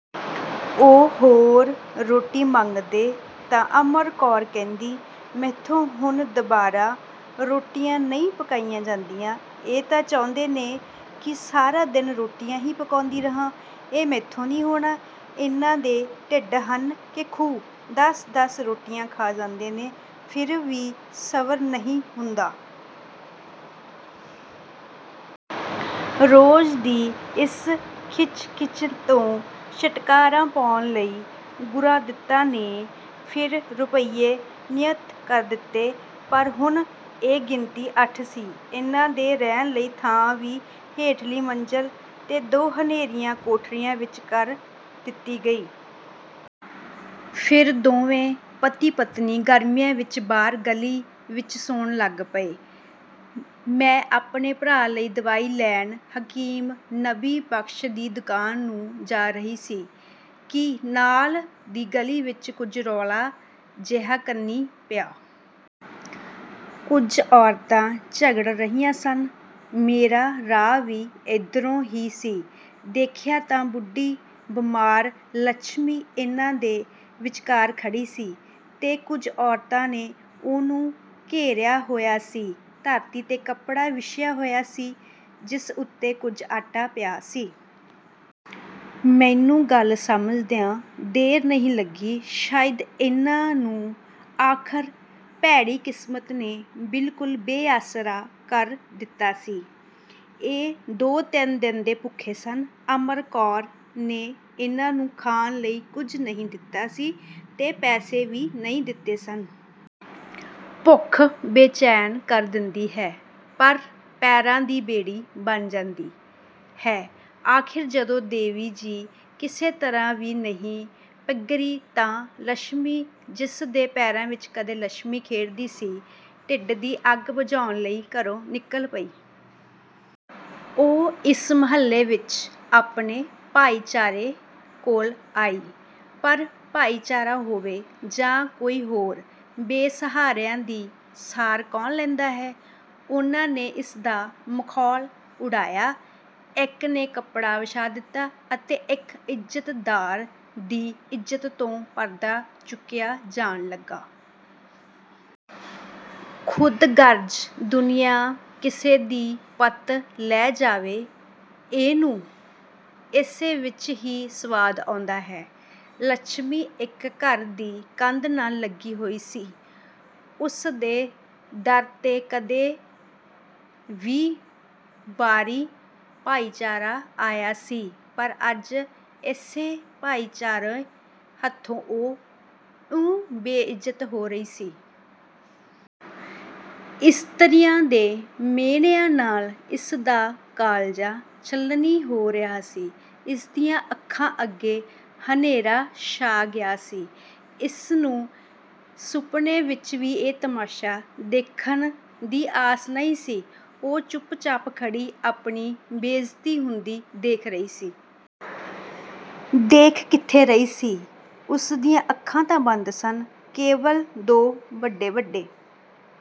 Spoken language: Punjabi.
ਉਹ ਹੋਰ ਰੋਟੀ ਮੰਗਦੇ ਤਾਂ ਅਮਰ ਕੌਰ ਕਹਿੰਦੀ, "ਮੈਥੋਂ ਹੁਣ ਦੁਬਾਰੇ ਰੋਟੀਆਂ ਨਹੀਂ ਪਕਾਈਆਂ ਜਾਂਦੀਆਂ। ਇਹ ਤਾਂ ਚਾਹੁੰਦੇ ਨੇ ਕਿ ਸਾਰਾ ਦਿਨ ਰੋਟੀਆਂ ਹੀ ਪਕਾਉਂਦੀ ਰਹਾਂ। ਇਹ ਮੈਥੋਂ ਨਹੀਂ ਹੋਣਾ। ਇਨ੍ਹਾਂ ਦੇ ਢਿੱਡ ਹਨ ਕਿ ਖੂਹ, ਦਸ-ਦਸ ਰੋਟੀਆਂ ਖਾ ਜਾਂਦੇ ਨੇ, ਫਿਰ ਵੀ ਸਬਰ ਨਹੀਂ ਹੁੰਦਾ।" ਰੋਜ਼ ਦੀ ਇਸ ਖਿੱਚ-ਖਿੱਚ ਤੋਂ ਛੁਟਕਾਰਾ ਪਾਉਣ ਲਈ ਗੁਰਾਂਦਿੱਤਾ ਨੇ ਫਿਰ ਰੁਪਏ ਨਿਯਤ ਕਰ ਦਿੱਤੇ, ਪਰ ਹੁਣ ਇਹ ਗਿਣਤੀ ਅੱਠ ਸੀ। ਇਨ੍ਹਾਂ ਦੇ ਰਹਿਣ ਲਈ ਥਾਂ ਵੀ ਹੇਠਲੀ ਮੰਜ਼ਿਲ 'ਤੇ ਦੋ ਹਨੇਰੀਆਂ ਕੋਠੜੀਆਂ ਵਿੱਚ ਕਰ ਦਿੱਤੀ ਗਈ। ਫਿਰ ਦੋਵੇਂ ਪਤੀ-ਪਤਨੀ ਗਰਮੀਆਂ ਵਿੱਚ ਬਾਹਰ ਗਲੀ ਵਿੱਚ ਸੌਣ ਲੱਗ ਪਏ। ਮੈਂ ਆਪਣੇ ਭਰਾ ਲਈ ਦਵਾਈ ਲੈਣ ਹਕੀਮ ਨਬੀ ਬਖ਼ਸ਼ ਦੀ ਦੁਕਾਨ ਨੂੰ ਜਾ ਰਹੀ ਸੀ ਕਿ ਨਾਲ ਦੀ ਗਲੀ ਵਿੱਚ ਕੁਝ ਰੌਲਾ ਜਿਹਾ ਕੰਨੀਂ ਪਿਆ। ਕੁਝ ਔਰਤਾਂ ਝਗੜ ਰਹੀਆਂ ਸਨ। ਮੇਰਾ ਰਾਹ ਵੀ ਇਧਰੋਂ ਹੀ ਸੀ। ਦੇਖਿਆ ਤਾਂ ਬੁੱਢੀ ਬਿਮਾਰ ਲੱਛਮੀ ਇਨ੍ਹਾਂ ਦੇ ਵਿਚਕਾਰ ਖੜ੍ਹੀ ਸੀ ਅਤੇ ਕੁਝ ਔਰਤਾਂ ਨੇ ਉਹਨੂੰ ਘੇਰਿਆ ਹੋਇਆ ਸੀ। ਧਰਤੀ 'ਤੇ ਕੱਪੜਾ ਵਿਛਿਆ ਹੋਇਆ ਸੀ ਜਿਸ ਉੱਤੇ ਕੁਝ ਆਟਾ ਪਿਆ ਸੀ। ਮੈਨੂੰ ਗੱਲ ਸਮਝਦਿਆਂ ਦੇਰ ਨਹੀਂ ਲੱਗੀ। ਸ਼ਾਇਦ ਇਨ੍ਹਾਂ ਨੂੰ ਆਖਰ ਭੈੜੀ ਕਿਸਮਤ ਨੇ ਬਿਲਕੁਲ ਬੇਆਸਰਾ ਕਰ ਦਿੱਤਾ ਸੀ। ਇਹ ਦੋ-ਤਿੰਨ ਦਿਨ ਦੇ ਭੁੱਖੇ ਸਨ। ਅਮਰ ਕੌਰ ਨੇ ਇਨ੍ਹਾਂ ਨੂੰ ਖਾਣ ਲਈ ਕੁਝ ਨਹੀਂ ਦਿੱਤਾ ਸੀ ਅਤੇ ਪੈਸੇ ਵੀ ਨਹੀਂ ਦਿੱਤੇ ਸਨ। ਭੁੱਖ ਬੇਚੈਨ ਕਰ ਦਿੰਦੀ ਹੈ, ਪਰ ਪੈਰਾਂ ਦੀ ਬੇੜੀ ਬਣ ਜਾਂਦੀ ਹੈ। ਆਖਰ ਜਦੋਂ ਦੇਵੀ ਜੀ ਕਿਸੇ ਤਰ੍ਹਾਂ ਵੀ ਨਾ ਪੰਘਰੀ ਤਾਂ ਲੱਛਮੀ, ਜਿਸ ਦੇ ਪੈਰਾਂ ਵਿੱਚ ਕਦੇ ਲੱਛਮੀ ਖੇਡਦੀ ਸੀ, ਢਿੱਡ ਦੀ ਅੱਗ ਬੁਝਾਉਣ ਲਈ ਘਰੋਂ ਨਿਕਲ ਪਈ। ਉਹ ਇਸ ਮੁਹੱਲੇ ਵਿੱਚ ਆਪਣੇ ਭਾਈਚਾਰੇ ਕੋਲ ਆਈ, ਪਰ ਭਾਈਚਾਰਾ ਹੋਵੇ ਜਾਂ ਕੋਈ ਹੋਰ, ਬੇ-ਸਹਾਰਿਆਂ ਦੀ ਸਾਰ ਕੌਣ ਲੈਂਦਾ ਹੈ। ਉਨ੍ਹਾਂ ਨੇ ਇਸ ਦਾ ਮਖੌਲ ਉਡਾਇਆ। ਇੱਕ ਨੇ ਕੱਪੜਾ ਵਿਛਾ ਦਿੱਤਾ ਅਤੇ ਇੱਕ ਇੱਜ਼ਤਦਾਰ ਦੀ ਇੱਜ਼ਤ ਤੋਂ ਪਰਦਾ ਚੁੱਕਿਆ ਜਾਣ ਲੱਗਿਆ। ਖ਼ੁਦਗਰਜ਼ ਦੁਨੀਆਂ, ਕਿਸੇ ਦੀ ਪਤ ਲਹਿ ਜਾਵੇ, ਇਹਨੂੰ ਇਸੇ ਵਿੱਚ ਹੀ ਸੁਆਦ ਆਉਂਦਾ ਹੈ। ਲੱਛਮੀ ਇੱਕ ਘਰ ਦੀ ਕੰਧ ਨਾਲ ਲੱਗੀ ਹੋਈ ਸੀ। ਉਸ ਦੇ ਦਰ 'ਤੇ ਵੀ ਕਦੇ ਵੀਹ ਵਾਰੀ ਭਾਈਚਾਰਾ ਆਇਆ ਸੀ, ਪਰ ਅੱਜ ਇਸੇ ਭਾਈਚਾਰੇ ਹੱਥੋਂ ਉਹ ਇਉਂ ਬੇਇਜ਼ਤ ਹੋ ਰਹੀ ਸੀ। ਇਸਤਰੀਆਂ ਦੇ ਮਿਹਣਿਆਂ ਨਾਲ ਇਸ ਦਾ ਕਾਲਜਾ ਛਲਣੀ ਹੋ ਰਿਹਾ ਸੀ। ਇਸ ਦੀਆਂ ਅੱਖਾਂ ਅੱਗੇ ਹਨੇਰਾ ਛਾ ਗਿਆ ਸੀ। ਇਸ ਨੂੰ ਸੁਪਨੇ ਵਿੱਚ ਵੀ ਇਹ ਤਮਾਸ਼ਾ ਦੇਖਣ ਦੀ ਆਸ ਨਹੀਂ ਸੀ। ਉਹ ਚੁੱਪ-ਚਾਪ ਖੜ੍ਹੀ ਆਪਣੀ ਬੇਇਜ਼ਤੀ ਹੁੰਦੀ ਦੇਖ ਰਹੀ ਸੀ। ਦੇਖ ਕਿੱਥੇ ਰਹੀ ਸੀ, ਉਸ ਦੀਆਂ ਅੱਖਾਂ ਤਾਂ ਬੰਦ ਸਨ, ਕੇਵਲ ਦੋ ਵੱਡੇ-ਵੱਡੇ